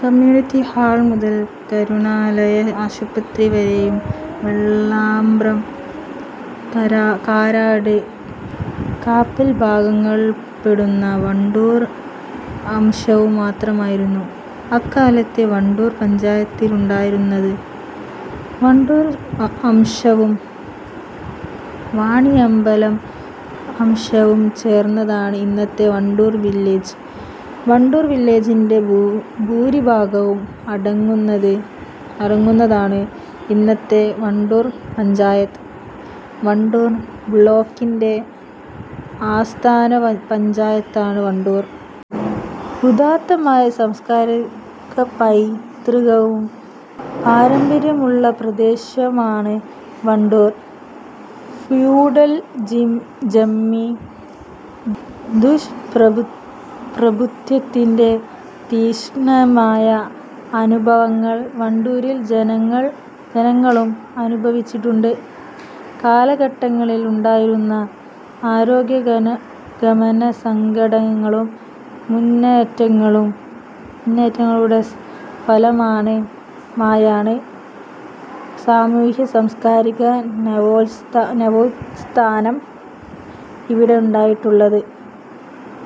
Community hall മുതൽ കരുണാലയ ആശുപത്രി വരെയും, വെള്ളാമ്പ്രം, കാരാട്, കാപ്പിൽ ഭാഗങ്ങളുൾപ്പെടുന്ന വണ്ടൂർ അംശവും മാത്രമായിരുന്നു അക്കാലത്തെ വണ്ടൂർ പഞ്ചായത്തിലുണ്ടായിരുന്നത്. വണ്ടൂർ അംശവും വാണിയമ്പലം അംശവും ചേർന്നതാണ് ഇന്നത്തെ വണ്ടൂർ വില്ലേജ്. വണ്ടൂർ വില്ലേജിന്റെ ഭൂരിഭാഗവും അടങ്ങുന്നതാണ് ഇന്നത്തെ വണ്ടൂർ പഞ്ചായത്ത്. വണ്ടൂർ ബ്ളോക്കിന്റെ ആസ്ഥാന പഞ്ചായത്താണ് വണ്ടൂർ. ഉദാത്തമായ സാംസ്കാരികപൈതൃകവും, പാരമ്പര്യവുമുള്ള പ്രദേശമാണ് വണ്ടൂർ. ഫ്യൂഡൽ ജന്മി ദുഷ് പ്രഭുത്വത്തിന്റെ തീക്ഷ്ണമായ അനുഭവങ്ങൾ വണ്ടൂരിലെ ജനങ്ങളും അനുഭവിച്ചിട്ടുണ്ട്. കാലഘട്ടങ്ങളിൽ ഉണ്ടായിരുന്ന പുരോഗമന സംഘടനകളുടെ മുന്നറ്റങ്ങളുടെ ഫലമായാണ് സാമൂഹ്യ സാംസ്കാരിക നവോത്ഥാനം ഇവിടെ ഉണ്ടായിട്ടുള്ളത്.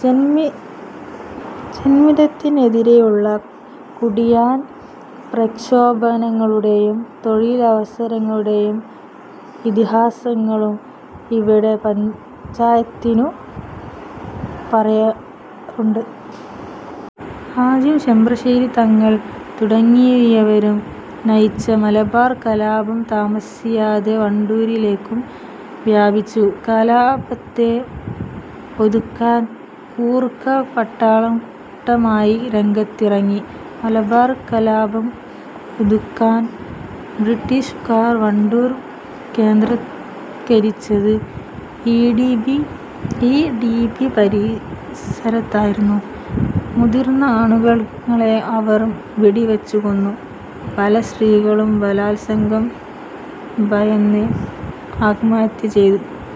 ജന്മിത്തത്തിനെതിരേയുള്ള കുടിയാൻ പ്രക്ഷോഭങ്ങളുടെയും തൊഴിൽസമരങ്ങളുടെയും ഇതിഹാസങ്ങളും ഈ പഞ്ചായത്തിനു പറയാനുണ്ട്. ഹാജിയും ചെമ്പ്രശ്ശേരി തങ്ങൾ തുടങ്ങിയവരും നയിച്ച മലബാർ കലാപം താമസിയാതെ വണ്ടൂരിലേക്കും വ്യാപിച്ചു. കലാപത്തെ ഒതുക്കാൻ ഗൂർഖാ പട്ടാളം കൂട്ടമായി രംഗത്തിറങ്ങി. മലബാർ കലാപം ഒതുക്കാൻ ബ്രിട്ടീഷുകാർ വണ്ടൂരിൽ കേന്ദ്രീകരിച്ചത് ഈ ടി. ബി പരിസരത്തായിരുന്നു. മുതിർന്ന ആണുങ്ങളെ അവർ വെടിവെച്ചു കൊന്നു. പല സ്ത്രീകളും ബലാൽസംഗം ഭയന്ന് ആത്മഹത്യ ചെയ്തു.